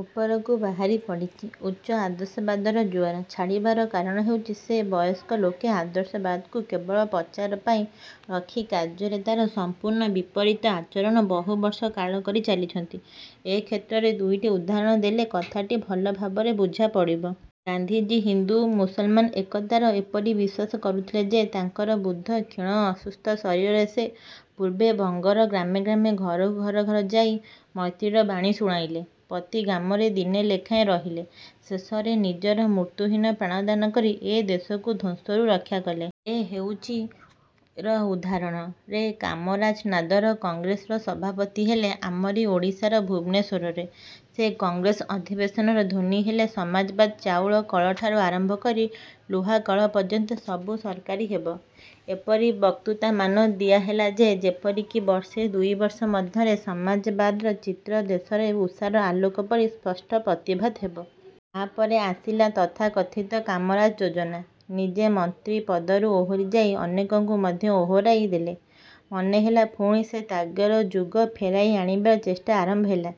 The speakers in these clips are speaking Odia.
ଉପରକୁ ବାହାରି ପଡ଼ିଛି। ଉଚ୍ଚ ଆଦର୍ଶବାଦର ଜୁଆର ଛାଡ଼ିବାର କାରଣ ହେଉଛି ଯେ ବୟସ୍କ ଲୋକେ ଆଦର୍ଶବାଦକୁ କେବଳ ପ୍ରଚାର ପାଇଁ ରଖି କାର୍ଯ୍ୟରେ ତା'ର ସମ୍ପୂର୍ଣ୍ଣ ବିପରୀତ ଆଚରଣ ବହୁବର୍ଷ କାଳ କରି ଚାଲିଛନ୍ତି। ଏ କ୍ଷେତ୍ରରେ ଦୁଇଟି ଉଦାହରଣ ଦେଲେ କଥାଟି ଭଲ ଭାବରେ ବୁଝାପଡ଼ିବ। ଗାନ୍ଧିଜୀ ହିନ୍ଦୁ-ମୁସଲମାନ ଏକତାରେ ଏପରି ବିଶ୍ୱାସ କରୁଥିଲେ ଯେ ତାଙ୍କର ବୃଦ୍ଧ କ୍ଷୀଣ ଅସୁସ୍ଥ ଶରୀରରେ ସେ ପୂର୍ବେ ବଙ୍ଗର ଗ୍ରାମେ ଗ୍ରାମେ ଘରକୁ ଘର ଯାଇ ମୈତ୍ରୀର ବାଣୀ ଶୁଣାଇଲେ। ପ୍ରତି ଗ୍ରାମରେ ଦିନେ ଲେଖାଏଁ ରହିଲେ। ଶେଷରେ ନିଜର ମୃତ୍ୟୁହୀନ ପ୍ରାଣଦାନ କରି ଏ ଦେଶକୁ ଧ୍ୱଂସରୁ ରକ୍ଷାକଲେ। ଏ ହେଉଛି ର ଉଦାହରଣ। ରେ କାମରାଜ ନାଦର କଂଗ୍ରେସର ସଭାପତି ହେଲେ ଆମରି ଓଡ଼ିଶାରେ ଭୁବନେଶ୍ୱରରେ। ସେ କଂଗ୍ରେସ ଅଧିବେଶନର ଧ୍ୱନି ହେଲା 'ସମାଜବାଦ' ଚାଉଳ କଳଠାରୁ ଆରମ୍ଭ କରି ଲୁହାକଳ ପର୍ଯ୍ୟନ୍ତ ସବୁ ସରକାରୀ ହେବ। ଏପରି ବକ୍ତୃତାମାନ ଦିଆହେଲା ଯେ ଯେପରିକି ବର୍ଷେ ଦୁଇବର୍ଷ ମଧ୍ୟରେ ସମାଜବାଦର ଚିତ୍ର ଦେଶରେ ଉଷାର ଆଲୋକ ପରି ସ୍ପଷ୍ଟ ପ୍ରତିଭାତ ହେବ। ତା'ପରେ ଆସିଲା ତଥାକଥିତ କାମରାଜ ଯୋଜନା। ନିଜେ ମନ୍ତ୍ରୀ ପଦରୁ ଓହରି ଯାଇ ଅନେକଙ୍କୁ ମଧ୍ୟ ଓହରାଇ ଦେଲେ। ମନେହେଲା ପୁଣି ସେ ତ୍ୟାଗର ଯୁଗ ଫେରାଇ ଆଣିବାର ଚେଷ୍ଟା ଆରମ୍ଭ ହେଲା;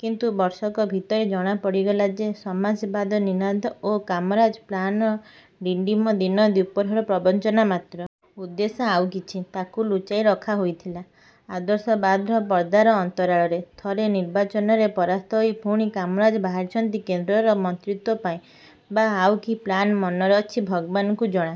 କିନ୍ତୁ ବର୍ଷକ ଭିତରେ ଜଣା ପଡ଼ିଗଲା ଯେ ସମାଜବାଦର ନିନାଦ ଓ କାମରାଜ ପ୍ଲାନର ଡିଣ୍ଡିମ ଦିନ ଦ୍ୱିପ୍ରହରର ପ୍ରବଞ୍ଚନା ମାତ୍ର। ଉଦ୍ଦେଶ୍ୟ ଆଉ କିଛି, ତାକୁ ଲୁଚାଇ ରଖାହୋଇଥିଲା ଆଦର୍ଶବାଦର ପର୍ଦ୍ଦାର ଅନ୍ତରାଳରେ। ଥରେ ନିର୍ବାଚନରେ ପରାସ୍ତ ହୋଇ ପୁଣି କାମରାଜ ବାହାରିଛନ୍ତି କେନ୍ଦ୍ରର ମନ୍ତ୍ରିତ୍ୱପାଇଁ ବା ଆଉ କି 'ପ୍ଳାନ' ମନରେ ଅଛି ଭଗବାନଙ୍କୁ ଜଣା।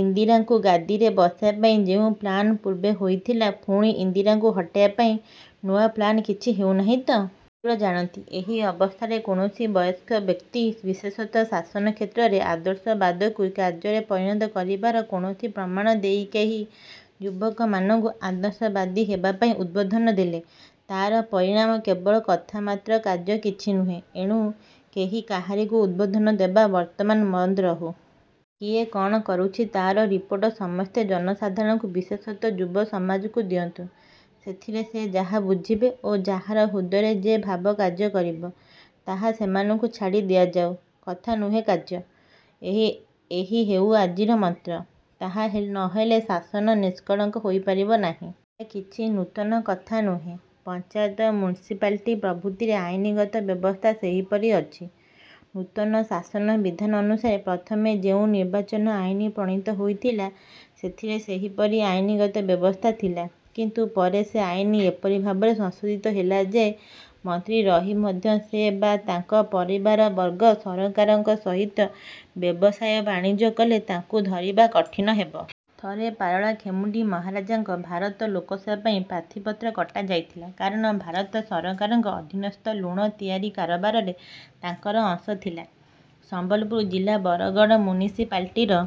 ଇନ୍ଦିରାଙ୍କୁ ଗାଦିରେ ବସାଇବା ପାଇଁ ଯେଉଁ ପ୍ଲାନ ପୂର୍ବେ ହୋଇଥିଲା, ପୁଣି ଇନ୍ଦିରାଙ୍କୁ ହଟାଇବା ପାଇଁନୂଆ ପ୍ଲାନ କିଛି ହେଉ ନାହିଁ ତ? ଈଶ୍ୱର ଜାଣନ୍ତି। ଏହି ଅବସ୍ଥାରେ କୌଣସି ବୟସ୍କ ବ୍ୟକ୍ତି, ବିଶେଷତଃ ଶାସନ କ୍ଷେତ୍ରରେ ଆଦର୍ଶବାଦକୁ କାର୍ଯ୍ୟରେ ପରିଣତ କରିବାର କୌଣସି ପ୍ରମାଣ ଦେଇ କେହି ଯୁବକମାନଙ୍କୁ ଆଦର୍ଶବାଦୀ ହେବାପାଇଁ ଉଦ୍ବୋଧନ ଦେଲେ ତା'ର ପରିଣାମ କେବଳ କଥା ମାତ୍ର କାର୍ଯ୍ୟ କିଛି ନୁହେଁ। ଏଣୁ କେହି କାହାରିକୁ ଉଦ୍ବୋଧନ ଦେବା ବର୍ତ୍ତମାନ ବନ୍ଦ ରହୁ। କିଏ କଅଣ କରୁଛି ତା'ର ରିପୋର୍ଟ ସମସ୍ତେ ଜନସାଧାରଣଙ୍କୁ ବିଶେଷତଃ ଯୁବ-ସମାଜକୁ ଦିଅନ୍ତୁ। ସେଥିରେ ଯେ ଯାହା ବୁଝିବେ ଓ ଯାହାର ହୃଦୟରେ ଯେ ଭାବ କାର୍ଯ୍ୟ କରିବ, ତାହା ସେମାନଙ୍କୁ ଛାଡ଼ି ଦିଆଯାଉ। କଥା ନୁହେଁ କାର୍ଯ୍ୟ- ଏହି ହେଉ ଆଜିର ମନ୍ତ୍ର। ତାହା ନହେଲେ ଶାସନ ନିଷ୍କଳଙ୍କ ହୋଇପାରିବ ନାହିଁ। ଏହା କିଛି ନୂତନ କଥା ନୁହେଁ। ପଞ୍ଚାୟତ ମ୍ୟୁନିସିପାଲଟି ପ୍ରଭୃତିରେ ଆଇନଗତ ବ୍ୟବସ୍ଥା ସେହିପରି ଅଛି। ନୂତନ ଶାସନ ବିଧାନ ଅନୁସାରେ ପ୍ରଥମେ ଯେଉଁ ନିର୍ବାଚନ-ଆଇନ ପ୍ରଣୀତ ହୋଇଥିଲା, ସେଥିରେ ସେହିପରି ଆଇନଗତ ବ୍ୟବସ୍ଥା ଥିଲା; କିନ୍ତୁ ପରେ ସେ ଆଇନ ଏପରି ଭାବରେ ସଂଶୋଧିତ ହେଲା ଯେ ମନ୍ତ୍ରୀ ରହି ମଧ୍ୟ ସେ ବା ତାଙ୍କ ପରିବାରବର୍ଗ ସରକାରଙ୍କ ସହିତ ବ୍ୟବସାୟ ବାଣିଜ୍ୟ କଲେ, ତାଙ୍କୁ ଧରିବା କଠିନ ହେବ। ଥରେ ପାରଳାଖେମୁଣ୍ଡି ମହାରାଜାଙ୍କ ଭାରତ ଲୋକସଭା ପାଇଁ ପ୍ରାର୍ଥୀପତ୍ର କଟାଯାଇଥିଲା; କାରଣ ଭାରତ ସରକାରଙ୍କ ଅଧୀନସ୍ଥ ଲୁଣ ତିଆରି କାରବାରରେ ତାଙ୍କର ଅଂଶ ଥିଲା। ସମ୍ବଲପୁର ଜିଲା ବରଗଡ଼ ମ୍ୟୁନିସିପାଲିଟିର